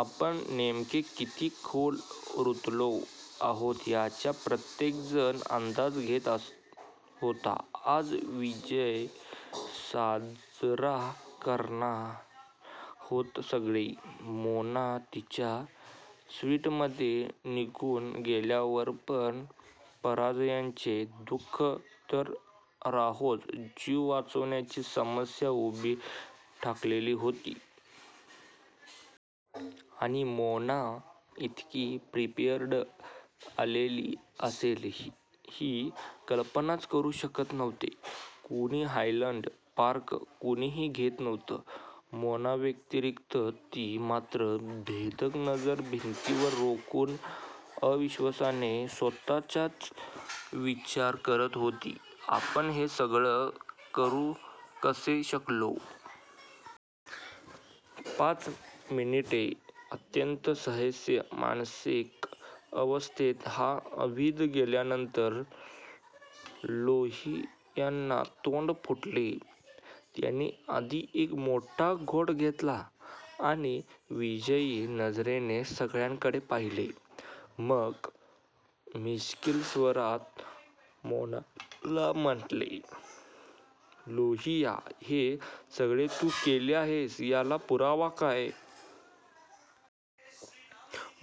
आपण नेमके किती खोल रुतलो आहोत याचा प्रत्येक जण अंदाज घेत होता. आज विजय साजरा करणार होते सगळे, मोना तिच्या स्विटमध्ये निघून गेल्यावर, पण पराजयाचे दु:ख तर राहोच जीव वाचवायची समस्या उभी ठाकलेली होती. आणि मोना इतकी प्रिपेअर्ड आलेली असेल ही कल्पनाच करू शकत नव्हते कुणी हायलॅन्ड पार्क कुणीही घेत नव्हते. मोनाव्यतिरिक्त ती मात्र भेदक नजर भिंतीवर रोखून अविश्वासाने स्वतःचाच विचार करत होती. आपण हे सगळे करू कसे शकलो? पाच मिनिटे, अत्यंत असह्य मानसिक अवस्थेत हा अवधी गेल्यानंतर लोहियांना तोंड फुटले. त्यांनी आधी एक मोठा घोट घेतला आणि विजयी नजरेने सगळ्यांकडे पाहिले. मग मिश्कील स्वरात मोनाला म्हणाले.. लोहिया हे सगळे तू केले आहेस याला पुरावा काय?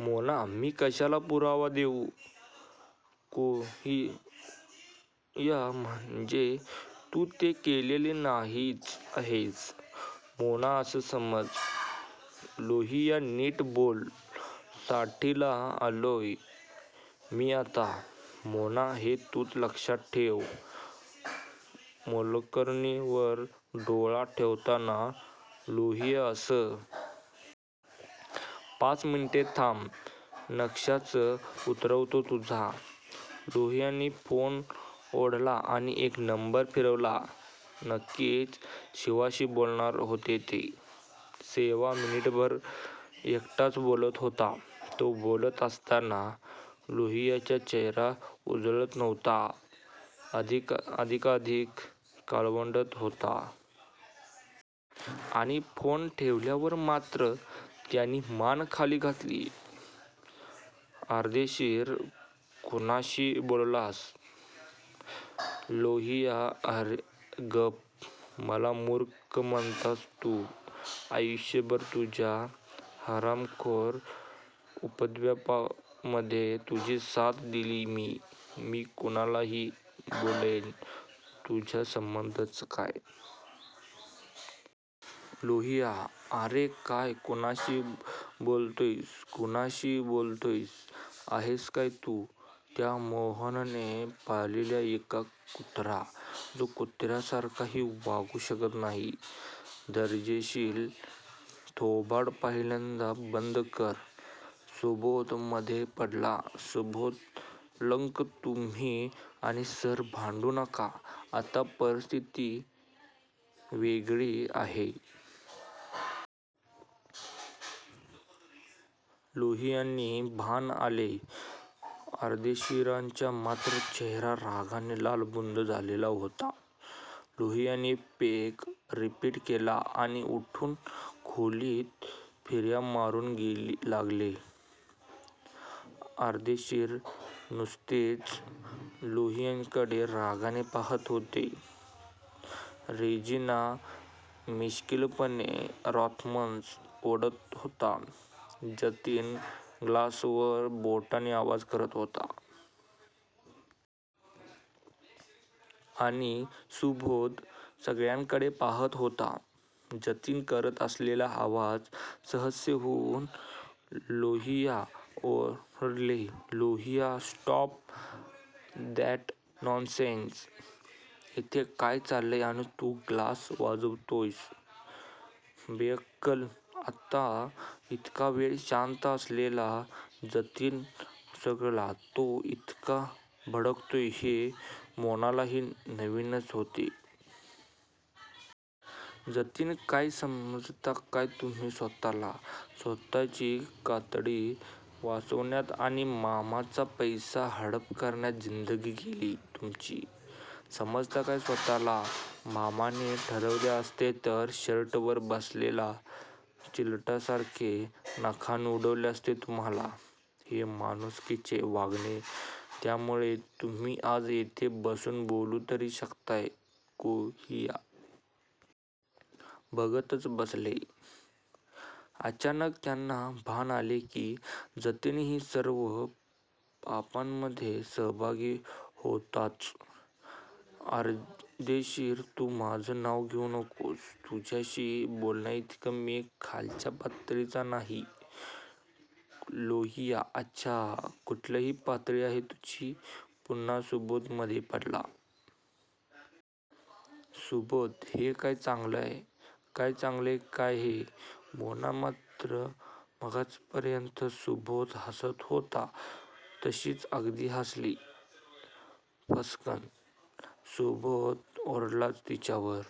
मोना मी कशाला पुरावा देऊ? लोहिया म्हणजे तू ते केलेले नाहीच आहेस. मोना तसं समज. लोहिया नीट बोल. साठीला आलोय मी आता. मोना ते तूच लक्षात ठेव, मोलकरणींवर डोळा ठेवताना, लोहिया अस? पाच मिनिटे थांब, नक्षाच उतरवतो तुझा लोहियांनी फोन ओढला आणि एक नंबर फिरवला. नक्कीच सिवाशी बोलणार होते ते! सिवा मिनिटभर एकटाच बोलत होता. तो बोलत असताना लोहियांचा चेहरा उजळत नव्हता. अधिकाधिक काळवंडत होता. आणि फोन ठेवल्यावर मात्र त्यांनी मान खाली घातली. अर्देशीर कुणाशी बोललास? लोहिया अरे गप? मला मूर्ख म्हणालास तू ,आयुष्यभर तुझ्या हरामखोर उपद्व्यापांमध्ये तुझी साथ दिली मी, मी कुणाशीही बोलेन. तुझा संबंधच काय? लोहिया अरे काय कुणाशी बोलतोयस, कुणाशी बोलतोयस? आहेस काय तू? त्या मोहनने पाळलेला एक कुत्रा, जो कुत्र्यासारखाही वागू शकत नाही. अर्देशीर थोबाड पहिल्यांदा बंद कर. सुबोध मधे पडला. सुबोध अंकल.. तुम्ही आणि सर भांडू नका, आत्ता परिस्थिती वेगळी आहे. लोहियांनाही भान आले. अर्देशीरांचा मात्र चेहरा रागाने लालबुंद झालेला होता. लोहियांनी पेग रिपीट केला आणि उठून खोलीत फेर्या मारू लागले. अर्देशीर नुसतेच लोहियांकडे रागाने पाहात होते. रेजिना मिश्कीलपणे रॉथमन्स ओढत होता. जतीन ग्लासवर बोटांनी आवाज करत होता. आणि सुबोध सगळ्यांकडे पाहात होता. जतीन करत असलेला आवाज असह्य होऊन लोहिया ओरडले, लोहिया स्टॉप दॅट नॉन्सेन्स. इथे काय चाललंय अन तू ग्लास वाजवतोयस बेअक्कल? आता इतका वेळ शांत असलेला जतीन उसळला. तो इतका भडकतो हे मोनालाही नवीनच होते. जतीन काय समजता काय तुम्ही स्वतःला? स्वतची कातडी वाचवण्यात आणि मामांचा पैसा हडप करण्यात जिंदगी गेली तुमची. समजता काय स्वतःला? मामांनी ठरवले असते तर शर्टवर बसलेल्या चिलटासारखे नखांनी उडवले असते तुम्हाला.. ते माणुसकीने वागले त्यामुळे तुम्ही आज इथे बसून बोलू तरी शकताय. लोहिया बघतच बसले. अचानक त्यांना भान आले की जतीनही सर्व पापांमध्ये सहभागी होताच! अर्देशीर तू माझं नाव घेऊ नकोस, तुझ्याशी बोलण्याइतका मी खालच्या पातळीचा नाही. लोहिया अच्छा? कुठली पातळी आहे तुझी? पुन्हा सुबोध मधे पडला. सुबोध हे काय चाललंय? काय चाललंय काय हे? मोना मात्र मगाचपर्यंत सुबोध हासत होता तशीच अगदी हासली. फस्सकन, सुबोध ओरडलाच तिच्यावर--